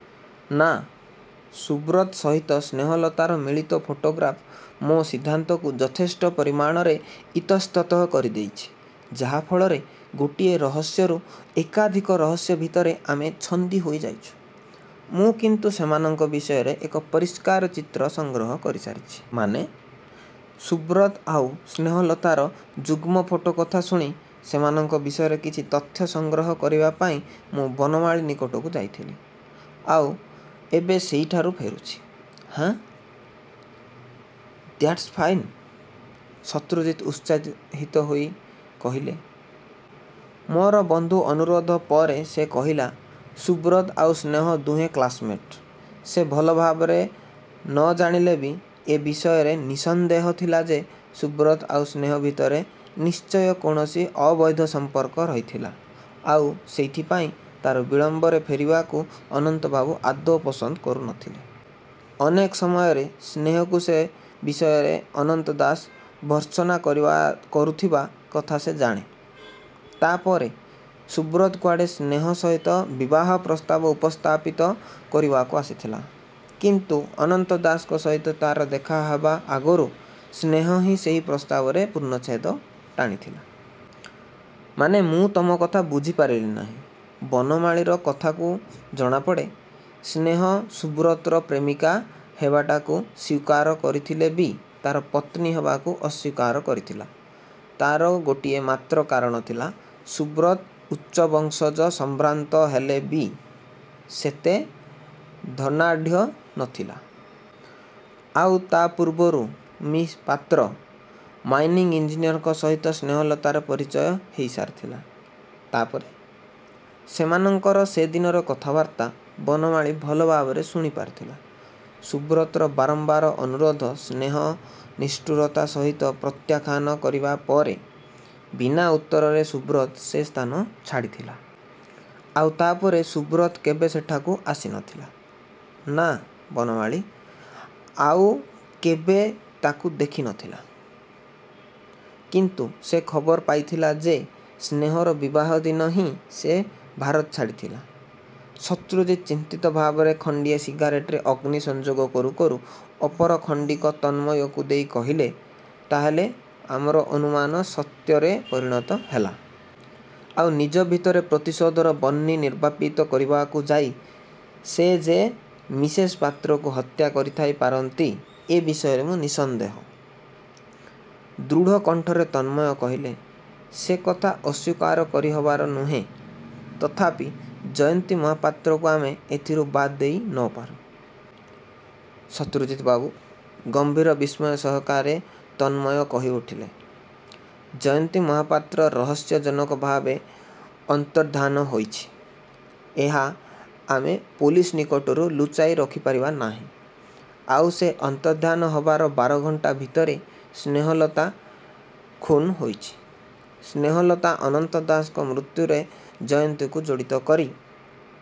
' 'ନା। ସୁବ୍ରତ ସହିତ ସ୍ନେହଲତାର ମିଳିତ ଫଟୋଗ୍ରାଫ୍ ମୋ ସିଦ୍ଧାନ୍ତକୁ ଯଥେଷ୍ଟ ପରିମାଣରେ ଇତସ୍ତତଃ କରିଦେଇଛି, ଯାହା ଫଳରେ ଗୋଟିଏ ରହସ୍ୟରୁ ଏକାଧିକ ରହସ୍ୟ ଭିତରେ ଆମେ ଛନ୍ଦି ହୋଇ ଯାଇଛୁଁ। ' 'ମୁଁ କିନ୍ତୁ ସେମାନଙ୍କ ବିଷୟରେ ଏକ ପରିଷ୍କାର ଚିତ୍ର ସଂଗ୍ରହ କରିସାରିଛି। ' 'ମାନେ.? ' 'ସୁବ୍ରତ ଆଉ ସ୍ନେହଲତାର ଯୁଗ୍ନ ଫଟୋ କଥା ଶୁଣି, ସେମାନଙ୍କ ବିଷୟରେ କିଛି ତଥ୍ୟ ସଂଗ୍ରହ କରିବାପାଇଁ ମୁଁ ବନମାଳୀ ନିକଟକୁ ଯାଇଥିଲି। ' 'ଆଉ ଏବେ ସେଇଠାରୁ ଫେରୁଛ? ' 'ହଁ। ' 'ଦ୍ୟାଟ୍ସ ଫାଇନ୍! ' ଶତ୍ରୁଜିତ ଉତ୍ସାହିତ ହେଇ କହିଲେ। 'ମୋର ବହୁ ଅନୁରୋଧ ପରେ ସେ କହିଲା, ସୁବ୍ରତ ଆଉ ସ୍ନେହ ଦୁହେଁ କ୍ଲାସମେଟ୍। ସେ ଭଲ ଭାବରେ ନ ଜାଣିଲେ ବି ଏ ବିଷୟରେ ନିଃସନ୍ଦେହ ଥିଲା ଯେ ସୁବ୍ରତ ଆଉ ସ୍ନେହ ଭିତରେ ନିଶ୍ଚୟ କୌଣସି ଅବୈଧ ସଂପର୍କ ରହିଥିଲା। ଆଉ ସେଇଥିପାଇଁ ତାର ବିଳମ୍ବରେ ଫେରିବାକୁ ଅନନ୍ତବାବୁ ଆଦୌ ପସନ୍ଦ କରୁ ନ ଥିଲେ। ଅନେକ ସମୟରେ ସ୍ନେହକୁ ସେ ବିଷୟରେ ଅନନ୍ତ ଦାସ ଭର୍ତ୍ସନା କରିଥିବା କଥା ସେ ଜାଣେ। ' 'ତାପରେ? ' 'ସୁବ୍ରତ କୁଆଡ଼େ ସ୍ନେହ ସହିତ ବିବାହ ପ୍ରସ୍ତାବ ଉପସ୍ଥାପିତ କରିବାକୁ ଆସିଥିଲା। କିନ୍ତୁ ଅନନ୍ତ ଦାସଙ୍କ ସହିତ ତାର ଦେଖା ହେବା ଆଗରୁ ସ୍ନେହ ହିଁ ସେହି ପ୍ରସ୍ତାବରେ ପୂର୍ଣ୍ଣଛେଦ ଟାଣିଥିଲା। ' 'ମାନେ ମୁଁ ତମ କଥା ବୁଝିପାରିଲି ନାହିଁ। ' 'ବନମାଳୀର କଥାରୁ ଜଣାପଡ଼େ, ସ୍ନେହ ସୁବ୍ରତର ପ୍ରେମିକା ହେବାଟାକୁ ସ୍ୱୀକାର କରୁଥିଲେ ବି ତାର ପତ୍ନୀ ହେବାକୁ ଅସ୍ୱୀକାର କରିଥିଲା। ତାର ଗୋଟିଏ ମାତ୍ର କାରଣ ଥିଲା, ସୁବ୍ରତ ଉଚ୍ଚବଂଶଜ ସମ୍ଭ୍ରାନ୍ତ ହେଲେ ବି ସେତେ ଧନାଢ଼୍ୟ ନ ଥିଲା। ଆଉ ତା ପୂର୍ବରୁ ମି: ପାତ୍ର, ମାଇନିଙ୍ଗ ଇଂଜିନିୟରଙ୍କ ସହିତ ସ୍ନେହଲତାର ପରିଚୟ ହେଇସାରିଥିଲା। ' 'ତା'ପରେ.? ' 'ସେମାନଙ୍କର ସେଦିନର କଥାବାର୍ତ୍ତା ବନମାଳୀ ଭଲଭାବରେ ଶୁଣିପାରିଥିଲା। ସୁବ୍ରତର ବାରମ୍ବାର ଅନୁରୋଧ ସ୍ନେହ ନିଷ୍ଠୁରତା ସହିତ ପ୍ରତ୍ୟାଖ୍ୟାନ କରିବା ପରେ, ବିନା ଉତ୍ତରରେ ସୁବ୍ରତ ସେ ସ୍ଥାନ ଛାଡ଼ିଥିଲା। ' 'ଆଉ ତା ପରେ ସୁବ୍ରତ କେବେ ସେଠାକୁ ଆସି ନ ଥିଲା? ' 'ନା, ବନମାଳୀ ଆଉ କେବେ ତାକୁ ଦେଖି ନ ଥିଲା। କିନ୍ତୁ ସେ ଖବର ପାଇଥିଲା ଯେ ସ୍ନେହର ବିବାହ ଦିନ ହିଁ ସେ ଭାରତ ଛାଡ଼ି ଥିଲା। ' ଶତ୍ରୁଜିତ ଚିନ୍ତିତ ଭାବରେ ଖଣ୍ଡିଏ ସିଗାରେଟରେ ଅଗ୍ନ ସଂଯୋଗ କରୁ କରୁ ଅପର ଖଣ୍ଡିକ ତନ୍ମୟଙ୍କୁ ଦେଇ କହିଲେ, 'ତା'ହେଲେ ଆମର ଅନୁମାନ ସତ୍ୟରେ ପରିଣତ ହେଲା? ' 'ଆଉ ନିଜ ଭିତରେ ପ୍ରତିଶୋଧର ବହ୍ନି ନିର୍ବାପିତ କରିବାକୁ ଯାଇ ସେ ଯେ ମିସେସ ପାତ୍ରଙ୍କୁ ହତ୍ୟା କରିଥାଇ ପାରନ୍ତି ଏ ବିଷୟରେ ମୁଁ ନିଃସନ୍ଦେହ। ' ଦୃଢ଼ କଣ୍ଠରେ ତନ୍ମୟ କହିଲେ। ସେ କଥା ଅସ୍ୱୀକାର କରିହେବାର ନୁହେଁ, ତଥାପି ଜୟନ୍ତୀ ମହାପାତ୍ରକୁ ଆମେ ଏଥିରୁ ବାଦ ଦେଇ ନ ପାରୁଁ। ' 'ଶତ୍ରୁଜିତବାବୁ! ' ଗଭୀର ବିସ୍ମୟ ସହକାରେ ତନ୍ମୟ କହିଉଠିଲେ। 'ଜୟନ୍ତୀ ମହାପାତ୍ର ରହସ୍ୟଜନକଭାବେ ଅନ୍ତର୍ଦ୍ଧାନ ହୋଇଛି, ଏହା ଆମେ ପୋଲିସ ନିକଟରୁ ଲୁଚାଇ ରଖିପାରିବା ନାହିଁ। ଆଉ ସେ ଅନ୍ତର୍ଦ୍ଧାନ ହେବାର ବାର ଘଣ୍ଟା ଭିତରେ ସ୍ନେହଲତା ଖୁଣ୍ ହୋଇଛି। ସ୍ନେହଲତା ଅନନ୍ତ ଦାସଙ୍କ ମୃତ୍ୟୁରେ ଜୟନ୍ତୀକୁ ଜଡ଼ିତ କରି